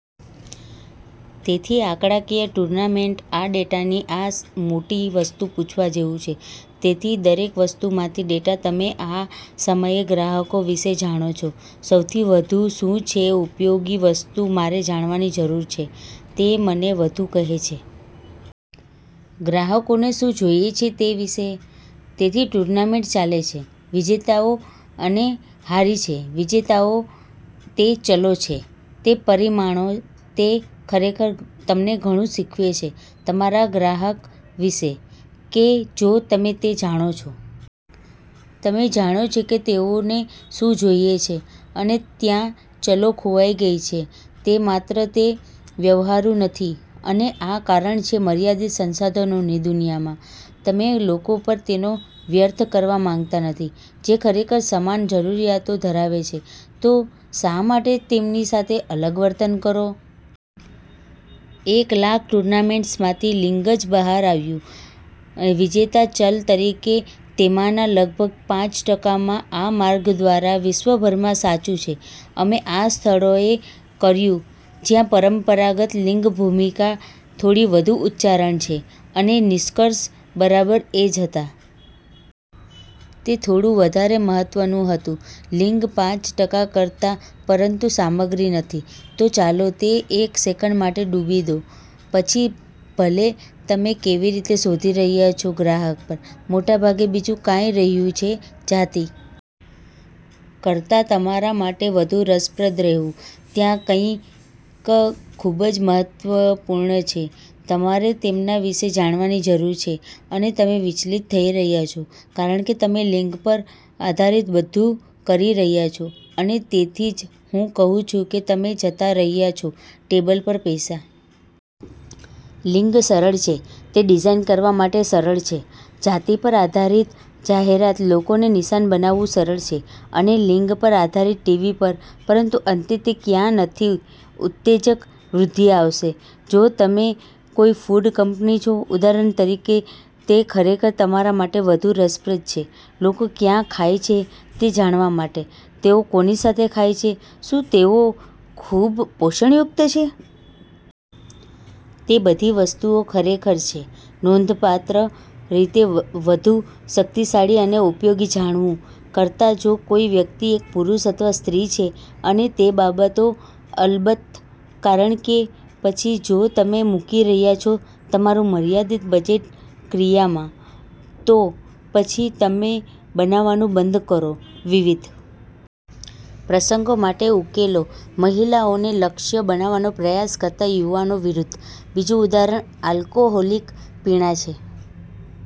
તેથી આંકડાકીય ટૂર્નામેન્ટ આ ડેટાની આ મોટી વસ્તુ પૂછવા જેવું છે, તેથી દરેક વસ્તુમાંથી ડેટા તમે આ સમયે ગ્રાહકો વિશે જાણો છો, સૌથી વધુ શું છે ઉપયોગી વસ્તુ મારે જાણવાની જરૂર છે, તે મને વધુ કહે છે. ગ્રાહકોને શું જોઈએ છે તે વિશે? તેથી ટૂર્નામેન્ટ ચાલે છે વિજેતાઓ અને હારી છે. વિજેતાઓ તે ચલો છે, તે પરિમાણો, તે ખરેખર તમને ઘણું શીખવે છે તમારા ગ્રાહક વિશે, કે જો તમે તે જાણો છો. તમે જાણો છો કે તેઓને શું જોઈએ છે અને ત્યાં ચલો ખોવાઈ ગઈ છે તે માત્ર તે વ્યવહારુ નથી અને આ કારણ છે મર્યાદિત સંસાધનોની દુનિયામાં, તમે લોકો પર તેનો વ્યર્થ કરવા માંગતા નથી ,જે ખરેખર સમાન જરૂરિયાતો ધરાવે છે ,તો શા માટે તેમની સાથે અલગ વર્તન કરો? એક લાખ ટુર્નામેન્ટ્સમાંથી, લિંગ જ બહાર આવ્યું. વિજેતા ચલ તરીકે તેમાંના લગભગ પાંચ ટકામાં આ માર્ગ દ્વારા, વિશ્વભરમાં સાચું છે. અમે આ સ્થળોએ કર્યું જ્યાં પરંપરાગત લિંગ ભૂમિકા થોડી વધુ ઉચ્ચારણ છે અને નિષ્કર્ષ બરાબર એ જ હતા. તે થોડું વધારે મહત્વનું હતું. લિંગ પાંચ ટકા કરતા, પરંતુ સામગ્રી નથી. તો ચાલો તે એક સેકંડ માટે ડૂબી દો. પછી ભલે તમે કેવી રીતે શોધી રહ્યાં છો ગ્રાહક પર, મોટા ભાગે બીજું કાંઈ રહ્યું છે .જાતિ કરતાં તમારા માટે વધુ રસપ્રદ રહેવું. ત્યાં કંઈક ખૂબ જ મહત્વપૂર્ણ છે. તમારે તેમના વિશે જાણવાની જરૂર છે અને તમે વિચલિત થઈ રહ્યાં છો, કારણ કે તમે લિંગ પર આધારીત બધું કરી રહ્યા છો અને તેથી જ હું કહું છું કે તમે જતા રહ્યા છો ટેબલ પર પૈસા. લિંગ સરળ છે. તે ડિઝાઇન કરવા માટે સરળ છે, જાતિ પર આધારીત જાહેરાત, લોકોને નિશાન બનાવવું સરળ છે અને લિંગ પર આધારિત ટીવી પર, પરંતુ અંતે તે ક્યાં નથી ઉત્તેજક વૃદ્ધિ આવશે. જો તમે કોઈ ફૂડ કંપની છો, ઉદાહરણ તરીકે, તે ખરેખર તમારા માટે વધુ રસપ્રદ છે લોકો ક્યાં ખાય છે તે જાણવા માટે, તેઓ કોની સાથે ખાય છે, શું તેઓ ખૂબ પોષણયુક્ત છે? તે બધી વસ્તુઓ ખરેખર છે નોંધપાત્ર રીતે વધુ શક્તિશાળી અને ઉપયોગી જાણવું કરતાં જો કોઈ વ્યક્તિ એક પુરુષ અથવા સ્ત્રી છે અને તે બાબતો અલબત્ત, કારણ કે પછી જો તમે મૂકી રહ્યાં છો તમારું મર્યાદિત બજેટ ક્રિયામાં, તો પછી તમે બનાવવાનું બંધ કરો .વિવિધ પ્રસંગો માટે ઉકેલો મહિલાઓને લક્ષ્ય બનાવવાનો પ્રયાસ કરતાં યુવાનો વિરુદ્ધ. બીજું ઉદાહરણ આલ્કોહોલિક પીણાં છે.